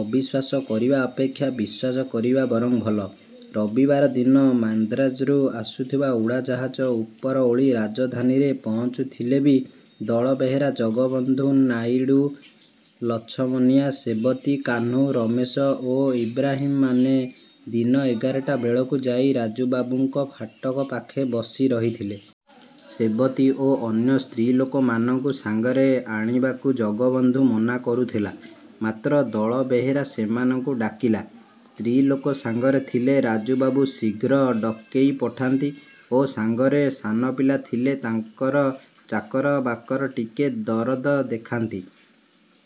ଅବିଶ୍ୱାସ କରିବା ଅପେକ୍ଷା ବିଶ୍ୱାସ କରିବା ବରଂ ଭଲ। ରବିବାର ଦିନ ମାନ୍ଦ୍ରାଜରୁ ଆସୁଥିବା ଉଡ଼ାଜାହାଜ ଉପର ଓଳି ରାଜଧାନୀରେ ପହଞ୍ଚୁଥିଲେ ବି ଦଳବେହେରା, ଜଗବନ୍ଧୁ, ନାଇଡୁ, ଲଛମନିଆ, ସେବତୀ, କାହ୍ନୁ, ରମେଶ ଓ ଇବ୍ରାହିମ ମାନେ ଦିନ ଏଗାରଟା ବେଳକୁ ଯାଇ ରାଜୁବାବୁଙ୍କ ଫାଟକ ପାଖେ ବସି ରହିଥିଲେ। ସେବତୀ ଓ ଅନ୍ୟ ସ୍ତ୍ରୀଲୋକମାନଙ୍କୁ ସାଙ୍ଗରେ ଆଣିବାକୁ ଜଗବନ୍ଧୁ ମନା କରୁଥିଲା। ମାତ୍ର ଦଳବେହେରା ସେମାନଙ୍କୁ ଡାକିଲା। ସ୍ତ୍ରୀଲୋକ ସାଙ୍ଗରେ ଥିଲେ ରାଜୁବାବୁ ଶୀଘ୍ର ଡକେଇ ପଠାନ୍ତି ଓ ସାଙ୍ଗରେ ସାନପିଲା ଥିଲେ ତାଙ୍କର ଚାକର ବାକର ଟିକେ ଦରଦ ଦେଖାନ୍ତି।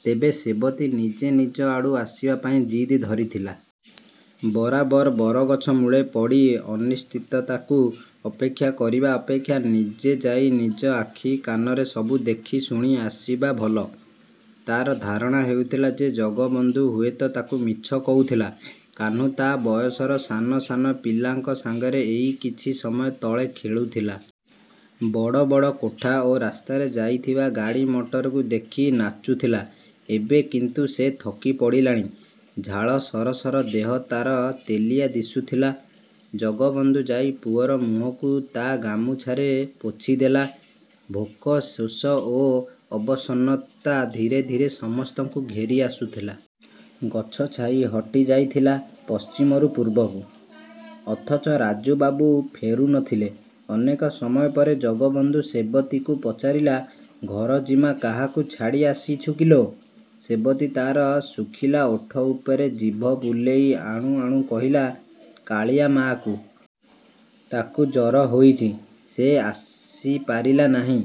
ତେବେ ସେବତୀ ନିଜେ ନିଜ ଆଡ଼ୁ ଆସିବା ପାଇଁ ଜିଦ୍ ଧରିଥିଲା। ବରାବର ବରଗଛ ମୂଳେ ପଡ଼ି ଅନିଶ୍ଚିତତାକୁ ଅପେକ୍ଷା କରିବା ଅପେକ୍ଷା ନିଜେ ଯାଇ ନିଜ ଆଖିକାନରେ ସବୁ ଦେଖି ଶୁଣି ଆସିବା ଭଲ। ତାର ଧାରଣା ହେଉଥିଲା ଯେ ଜଗବନ୍ଧୁ ହୁଏତ ତାକୁ ମିଛ କହୁଥିଲା। କାହ୍ନୁ ତା ବୟସର ସାନ ସାନ ପିଲାଙ୍କ ସାଙ୍ଗରେ ଏଇ କିଛି ସମୟ ତଳେ ଖେଳୁଥିଲା। ବଡ଼ ବଡ଼ କୋଠା ଓ ରାସ୍ତାରେ ଯାଉଥିବା ଗାଡ଼ିମଟରକୁ ଦେଖି ନାଚୁଥିଲା। ଏବେ କିନ୍ତୁ ସେ ଥକିପଡ଼ିଲାଣି। ଝାଳ ସରସର ଦେହ ତାର ତେଲିଆ ଦିଶୁଥିଲା। ଜଗବନ୍ଧୁ ଯାଇ ପୁଅର ମୁହଁକୁ ତା ଗାମୁଛାରେ ପୋଛିଦେଲା। ଭୋକ, ଶୋଷ ଓ ଅବସନ୍ନତା ଧୀରେ ଧୀରେ ସମସ୍ତଙ୍କୁ ଘେରି ଆସୁଥିଲା। ଗଛ ଛାଇ ହଟିଯାଇଥିଲା ପଶ୍ଚିମରୁ ପୂର୍ବକୁ। ଅଥଚ ରାଜୁବାବୁ ଫେରୁ ନଥିଲେ। ଅନେକ ସମୟ ପରେ ଜଗବନ୍ଧୁ ସେବତୀକୁ ପଚାରିଲା, "ଘର ଜିମା କାହାକୁ ଛାଡ଼ି ଆସିଛୁ କିଲୋ!" ସେବତୀ ତାର ଶୁଖିଲା ଓଠ ଉପରେ ଜିଭ ବୁଲେଇ ଆଣୁ ଆଣୁ କହିଲା, "କାଳିଆ ମାଆକୁ। ତାକୁ ଜର ହୋଇଛି। ସେ ଆସିପାରିଲା ନାହିଁ।"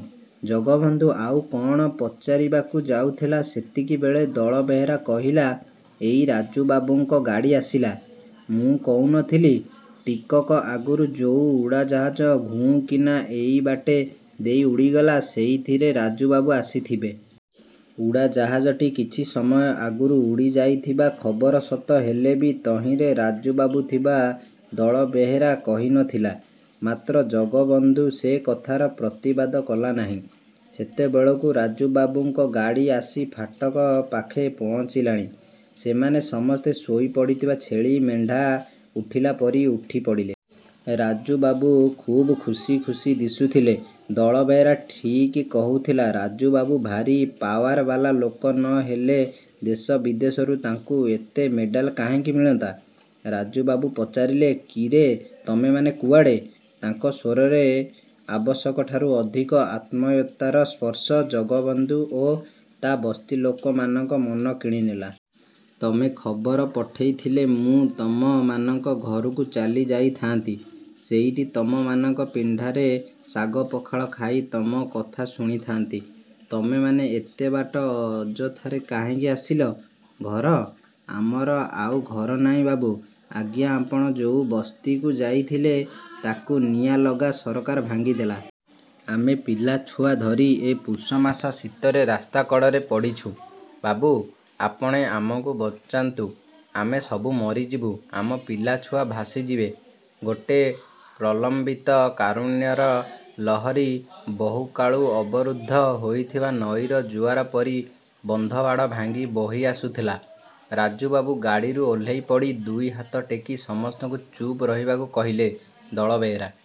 ଜଗବନ୍ଧୁ ଆଉ କଣ ପଚାରିବାକୁ ଯାଉଥିଲା ସେତିକିବେଳେ ଦଳବେହେରା କହିଲା, "ଏଇ ରାଜୁବାବୁଙ୍କ ଗାଡ଼ି ଆସିଲା। ମୁଁ କହୁ ନ ଥିଲି, ଟିକକ ଆଗରୁ ଯୋଉ ଉଡ଼ାଜାହାଜ ଘୁଁ କିନା ଏଇବାଟେ ଦେଇ ଉଡ଼ିଗଲା ସେଇଥିରେ ରାଜୁବାବୁ ଆସିଥିବେ।" ଉଡ଼ାଜାହାଜଟି କିଛି ସମୟ ଆଗରୁ ଉଡ଼ିଯାଇଥିବା ଖବର ସତ ହେଲେ ବି ତହିଁରେ ରାଜୁବାବୁ ଥିବା ଦଳବେହେରା କହି ନଥିଲା। ମାତ୍ର ଜଗବନ୍ଧୁ ସେ କଥାର ପ୍ରତିବାଦ କଲା ନାହିଁ। ସେତେବେଳକୁ ରାଜୁବାବୁଙ୍କ ଗାଡ଼ି ଆସି ଫାଟକ ପାଖେ ପହଞ୍ଚିଲାଣି। ସେମାନେ ସମସ୍ତେ ଶୋଇପଡ଼ିଥିବା ଛେଳି ମେଣ୍ଢା ଉଠିଲା ପରି ଉଠିପଡ଼ିଲେ। ରାଜୁବାବୁ ଖୁବ୍ ଖୁସି ଖୁସି ଦିଶୁଥିଲେ। ଦଳବେହେରା ଠିକ୍ କହୁଥିଲା, ରାଜୁବାବୁ ଭାରି ପାୱାର ବାଲା ଲୋକ ନ ହେଲେ ଦେଶ ବିଦେଶରୁ ତାଙ୍କୁ ଏତେ ମେଡାଲ କାହିଁକି ମିଳନ୍ତା? ରାଜୁବାବୁ ପଚାରିଲେ, "କିରେ ତମେମାନେ କୁଆଡ଼େ?" ତାଙ୍କ ସ୍ୱରରେ ଆବଶ୍ୟକଠାରୁ ଅଧିକ ଆତ୍ମୀୟତାର ସ୍ପର୍ଶ ଜଗବନ୍ଧୁ ଓ ତା ବସ୍ତି ଲୋକମାନଙ୍କ ମନ କିଣିନେଲା। "ତମେ ଖବର ପଠେଇଥିଲେ ମୁଁ ତମମାନଙ୍କ ଘରକୁ ଚାଲିଯାଇଥାଆନ୍ତି। ସେଇଠି ତମମାନଙ୍କ ପିଣ୍ଡାରେ ଶାଗପଖାଳ ଖାଇ ତମ କଥା ଶୁଣିଥାଆନ୍ତି। ତମେମାନେ ଏତେବାଟ ଅଯଥାରେ କାହିଁକି ଆସିଲ?" "ଘର? ଆମର ଆଉ ଘର ନାହିଁ ବାବୁ। ଆଜ୍ଞା ଆପଣ ଯୋଉ ବସ୍ତିକୁ ଯାଇଥିଲେ ତାକୁ ନିଆଁଲଗା ସରକାର ଭାଙ୍ଗିଦେଲା। ଆମେ ପିଲାଛୁଆ ଧରି ଏ ପୁଷମାସ ଶୀତରେ ରାସ୍ତାକଡ଼ରେ ପଡ଼ିଛୁ। ବାବୁ! ଆପଣେ ଆମକୁ ବଞ୍ଚାନ୍ତୁ, ଆମେ ସବୁ ମରିଯିବୁ, ଆମ ପିଲାଛୁଆ ଭାସିଯିବେ।" ଗୋଟେ ପ୍ରଲମ୍ବିତ କାରୁଣ୍ୟର ଲହରୀ ବହୁକାଳୁ ଅବରୁଦ୍ଧ ହୋଇଥିବା ନଈର ଜୁଆର ପରି ବନ୍ଧବାଡ଼ ଭାଙ୍ଗି ବୋହି ଆସୁଥିଲା। ରାଜୁବାବୁ ଗାଡ଼ିରୁ ଓହ୍ଲେଇପଡ଼ି, ଦୁଇହାତ ଟେକି ସମସ୍ତଙ୍କୁ ଚୁପ୍ ରହିବାକୁ କହିଲେ। ଦଳବେହେରା।